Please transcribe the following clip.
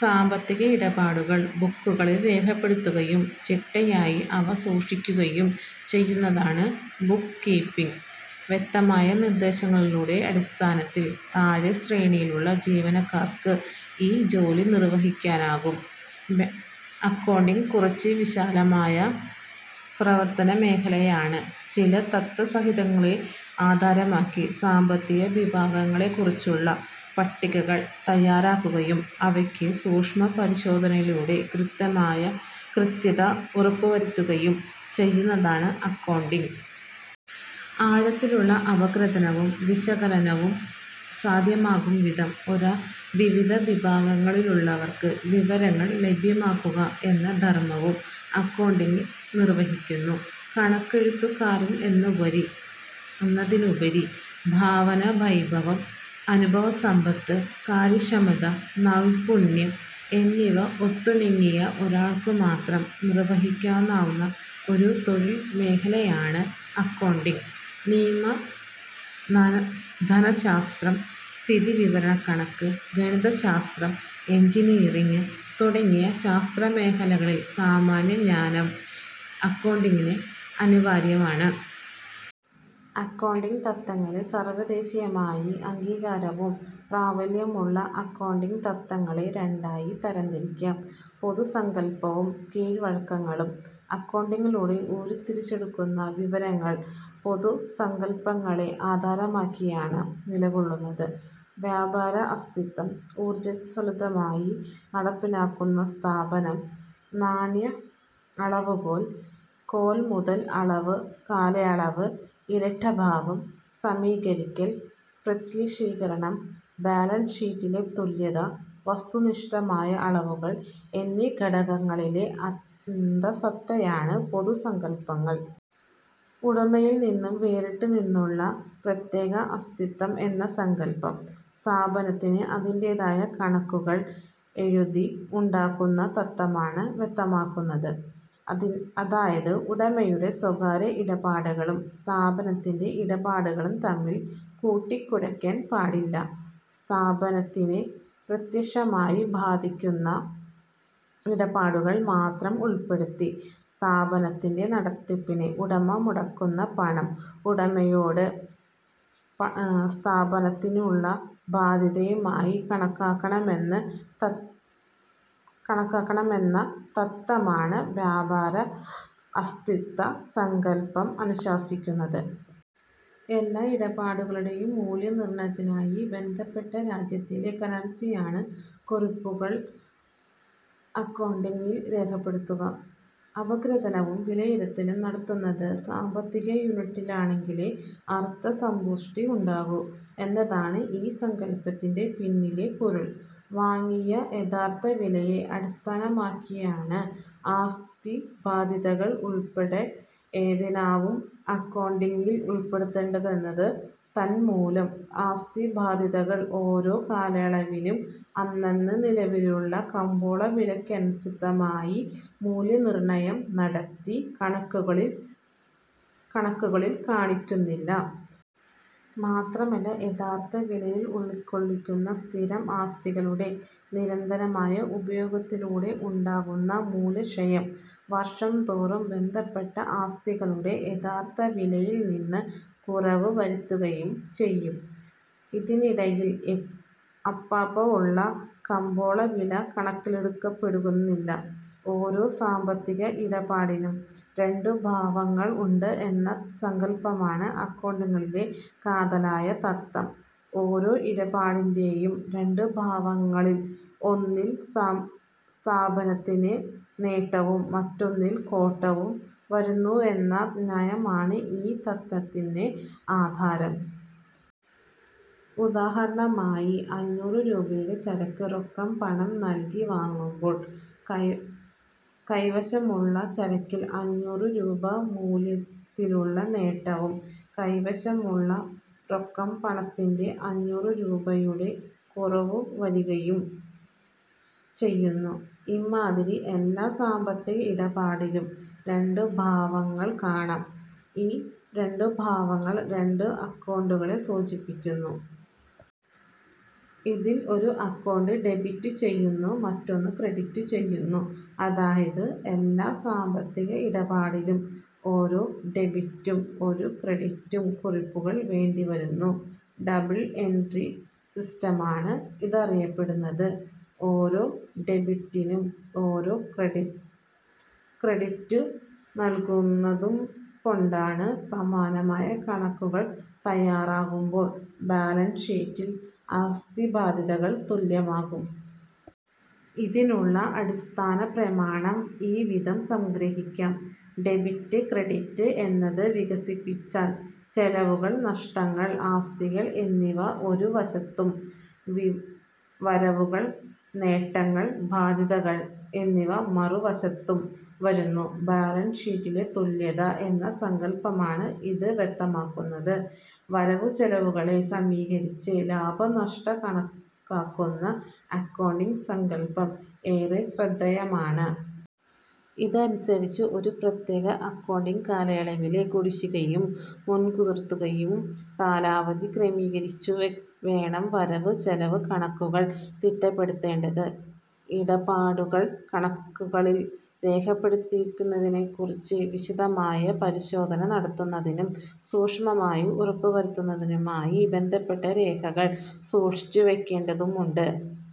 സാമ്പത്തിക ഇടപാടുകൾ ബുക്കുകളിൽ രേഖപ്പെടുത്തുകയും ചിട്ടയായി അവ സൂക്ഷിക്കുകയും ചെയ്യുന്നതാണ് ബുക്ക് കീപ്പിങ്. വ്യക്തമായ നിർദ്ദേശങ്ങളുടെ അടിസ്ഥാനത്തിൽ താഴെ ശ്രേണിയിലുള്ള ജീവനക്കാർക്ക് ഈ ജോലി നിർവഹിക്കാനാകും. അക്കൗണ്ടിംഗ് കുറച്ചുകൂടി വിശാലമായ പ്രവർത്തനമേഖലയാണ്. ചില തത്ത്വസംഹിതകളെ ആധാരമാക്കി, സാമ്പത്തിക വിഭവങ്ങളെക്കുറിച്ചുള്ള പട്ടികകൾ തയ്യാറാക്കുകയും അവയ്ക്ക് സൂക്ഷ്മപരിശോധനയിലൂടെ കൃത്യത ഉറപ്പുവരുത്തുകയും ചെയ്യുന്നതാണ് അക്കൗണ്ടിംഗ്. ആഴത്തിലുള്ള അപഗ്രഥനവും വിശകലനവും സാധ്യമാകുംവിധം വിവിധ വിഭാഗങ്ങളിലുള്ളവർക്ക് വിവരങ്ങൾ ലഭ്യമാക്കുക എന്ന ധർമവും അക്കൗണ്ടിംഗ് നിർവഹിക്കുന്നു. കണക്കെഴുത്തുകാരനെന്നതിനുപരി ഭാവനാവൈഭവം, അനുഭവസമ്പത്ത്, കാര്യക്ഷമത, നൈപുണ്യം എന്നിവ ഒത്തിണങ്ങിയ ഒരാൾക്കുമാത്രം നിർവഹിക്കാനാകുന്ന ഒരു തൊഴിൽമേഖലയാണ് അക്കൗണ്ടിംഗ്. നിയമം, ധനശാസ്ത്രം, സ്ഥിതിവിവരക്കണക്ക്, ഗണിതശാസ്ത്രം, എഞ്ചിനീയറിങ് തുടങ്ങിയ ശാസ്ത്രശാഖകളിലെ സാമാന്യജ്ഞാനം അക്കൗണ്ടന്റിന് അനിവാര്യമാണ്. അക്കൗണ്ടിംഗ് തത്ത്വങ്ങൾ സാർവദേശീയമായി അംഗീകാരവും പ്രാബല്യവുമുള്ള അക്കൗണ്ടിംഗ് തത്ത്വങ്ങളെ രണ്ടായി തരംതിരിക്കാം. പൊതുസങ്കല്പവും കീഴ്വഴക്കങ്ങളും. അക്കൗണ്ടിംഗിലൂടെ ഉരുത്തിരിച്ചെടുക്കുന്ന വിവരങ്ങൾ ഈ പൊതുസങ്കല്പങ്ങളെ ആധാരമാക്കിയാണ് നിലകൊള്ളുന്നത്. വ്യാപാര അസ്തിത്വം, ഊർജ്ജിതമായി നടക്കുന്ന സ്ഥാപനം, നാണ്യ അളവുകോൽ, കോൾ മുതൽ, കാലയളവ്, ഇരട്ടഭാവം, സമീകരിക്കൽ, പ്രത്യക്ഷീകരണം, ബാലൻസ് ഷീറ്റിലെ തുല്യത, വസ്തുനിഷ്ഠമായ അളവുകൾ എന്നീ ഘടകങ്ങളിലെ അന്തഃസത്തയാണ് പൊതുസങ്കല്പങ്ങൾ. ഉടമയിൽനിന്ന് വേറിട്ട് നിന്നുള്ള പ്രത്യേക അസ്തിത്വം എന്ന സങ്കല്പം, സ്ഥാപനത്തിന് അതിൻ്റെതായ കണക്കുകൾ എഴുതി ഉണ്ടാക്കുന്ന തത്ത്വമാണ് വ്യക്തമാക്കുന്നത്. അതായത്, ഉടമയുടെ സ്വകാര്യ ഇടപാടുകളും സ്ഥാപനത്തിൻ്റെ ഇടപാടുകളും തമ്മിൽ കൂട്ടിക്കുഴയ്ക്കാൻ പാടില്ല. സ്ഥാപനത്തിനെ പ്രത്യക്ഷമായി ബാധിക്കുന്ന ഇടപാടുകൾ മാത്രം ഉൾപ്പെടുത്തി, സ്ഥാപനത്തിൻ്റെ നടത്തിപ്പിന് ഉടമ മുടക്കുന്ന പണം ഉടമയോട് സ്ഥാപനത്തിനുള്ള ബാദ്ധ്യതയായി കണക്കാക്കണമെന്ന തത്ത്വമാണ് വ്യാപാര അസ്തിത്വ സങ്കല്പം അനുശാസിക്കുന്നത്. എല്ലാ ഇടപാടുകളുടേയും മൂല്യം നിർണയിക്കാനായി ബന്ധപ്പെട്ട രാജ്യത്തിലെ കറൻസിയിലാണ് കുറിപ്പുകൾ അക്കൗണ്ടിംഗിൽ രേഖപ്പെടുത്തുക. അപഗ്രഥനവും വിലയിരുത്തലും നടത്തുന്നത് സാമ്പത്തിക യൂണിറ്റിലാണെങ്കിലേ അർത്ഥസമ്പുഷ്ടി ഉണ്ടാകൂ എന്നതാണ് ഈ സങ്കല്പത്തിൻ്റെ പിന്നിലെ പൊരുൾ. വാങ്ങിയ യഥാർഥ വിലയെ അടിസ്ഥാനമാക്കിയാണ് ആസ്തിബാദ്ധ്യതകൾ ഉൾപ്പെടെ ഏതിനവും അക്കൗണ്ടിംഗിൽ ഉൾപ്പെടുത്തേണ്ടത്. തന്മൂലം, ആസ്തിബാദ്ധ്യതകൾ ഓരോ കാലയളവിലും അന്നന്ന് നിലവിലുള്ള കമ്പോളവിലയ്ക്കനുസൃതമായി പുനർമൂല്യനിർണയം നടത്തി കണക്കുകളിൽ കാണിക്കുന്നില്ല. മാത്രമല്ല യഥാർഥവിലയിൽ ഉൾക്കൊള്ളിക്കുന്ന സ്ഥിരം ആസ്തികളുടെ നിരന്തരമായ ഉപയോഗത്തിലൂടെ ഉണ്ടാകുന്ന മൂല്യക്ഷയം വർഷംതോറും ബന്ധപ്പെട്ട ആസ്തിയുടെ യഥാർഥവിലയിൽ നിന്ന് കുറവ് വരുത്തുകയും ചെയ്യും. ഇതിനിടയിൽ അപ്പപ്പോഴുള്ള കമ്പോളവില കണക്കിലെടുക്കുകയില്ല. ഓരോ സാമ്പത്തിക ഇടപാടിനും രണ്ടുഭാവങ്ങൾ ഉണ്ട് എന്ന സങ്കല്പമാണ് അക്കൗണ്ടിംഗിലെ കാതലായ തത്ത്വം. ഓരോ ഇടപാടിൻ്റെയും രണ്ടുഭാവങ്ങളിൽ ഒന്നിൽ സ്ഥാപനത്തിന് നേട്ടവും മറ്റൊന്നിൽ കോട്ടവും വരുന്നുവെന്ന ന്യായമാണ് ഈ തത്ത്വത്തിന് ആധാരം. ഉദാഹരണമായി, അഞ്ഞൂറ് രൂപയുടെ ചരക്ക് രൊക്കം പണം നൽകി വാങ്ങുമ്പോൾ കൈവശമുള്ള ചരക്കിൽ അഞ്ഞൂറ് രൂപ മൂല്യത്തിലുള്ള നേട്ടവും കൈവശമുള്ള രൊക്കം പണത്തിൽ അഞ്ഞൂറ് രൂപയുടെ കുറവുവരികയും ചെയ്യുന്നു. ഇമ്മാതിരി എല്ലാ സാമ്പത്തിക ഇടപാടിലും രണ്ടു ഭാവങ്ങൾ കാണാം. ഈ രണ്ടു ഭാവങ്ങൾ രണ്ട് അക്കൗണ്ടുകളെ സൂചിപ്പിക്കുന്നു. ഇതിൽ ഒരു അക്കൗണ്ട് ഡെബിറ്റ് ചെയ്യുന്നു; മറ്റൊന്ന് ക്രെഡിറ്റ് ചെയ്യുന്നു. അതായത് എല്ലാ സാമ്പത്തിക ഇടപാടിലും ഒരു ഡെബിറ്റും ഒരു ക്രെഡിറ്റും കുറിപ്പുകൾ വേണ്ടിവരുന്നു. Double entry സിസ്റ്റമെന്നാണ് ഇതറിയപ്പെടുന്നത്. ഓരോ ഡെബിറ്റിനും ഓരോ ക്രെഡിറ്റ് നൽകുന്നതുകൊണ്ട് സമാപനകണക്കുകൾ തയ്യാറാക്കുമ്പോൾ ബാലൻസ് ഷീറ്റിൽ ആസ്തിബാദ്ധ്യതകൾ തുല്യമായിരിക്കും. ഇതിനുള്ള അടിസ്ഥാനപ്രമാണം ഇവിധം സംഗ്രഹിക്കാം. ഡെബിറ്റ് ക്രെഡിറ്റ് എന്നത് വികസിപ്പിച്ചാൽ ചെലവുകൾ, നഷ്ടങ്ങൾ, ആസ്തികൾ എന്നിവ ഒരു വശത്തും, വരവുകൾ, നേട്ടങ്ങൾ, ബാദ്ധ്യതകൾ എന്നിവ മറുവശത്തും വരുന്നു. ബാലൻസ് ഷീറ്റിലെ തുല്യത എന്ന സങ്കല്പമാണ് ഇത് വ്യക്തമാക്കുന്നത്. വരവുചെലവുകളെ സമീകരിച്ച് ലാഭനഷ്ടം കണക്കാക്കുന്ന അക്കൗണ്ടിംഗ് സങ്കല്പം ഏറെ ശ്രദ്ധേയമാണ്. ഇതനുസരിച്ച് ഒരു പ്രത്യേക അക്കൗണ്ടിംഗ് കാലയളവിലെ കുടിശ്ശികയും മുൻകൂർതുകയും യഥാവിധി ക്രമീകരിച്ചു വേണം വരവ് ചെലവ് കണക്കുകൾ തിട്ടപ്പെടുത്തേണ്ടത്. ഇടപാടുകൾ കണക്കുകളിൽ രേഖപ്പെടുത്തിയിട്ടുള്ളതിനെക്കുറിച്ച് വിശദമായ പരിശോധന നടത്തുന്നതിനും സൂക്ഷ്മത ഉറപ്പുവരുത്തുന്നതിനുമായി ബന്ധപ്പെട്ട രേഖകൾ സൂക്ഷിച്ചു വയ്ക്കേണ്ടതുണ്ട്.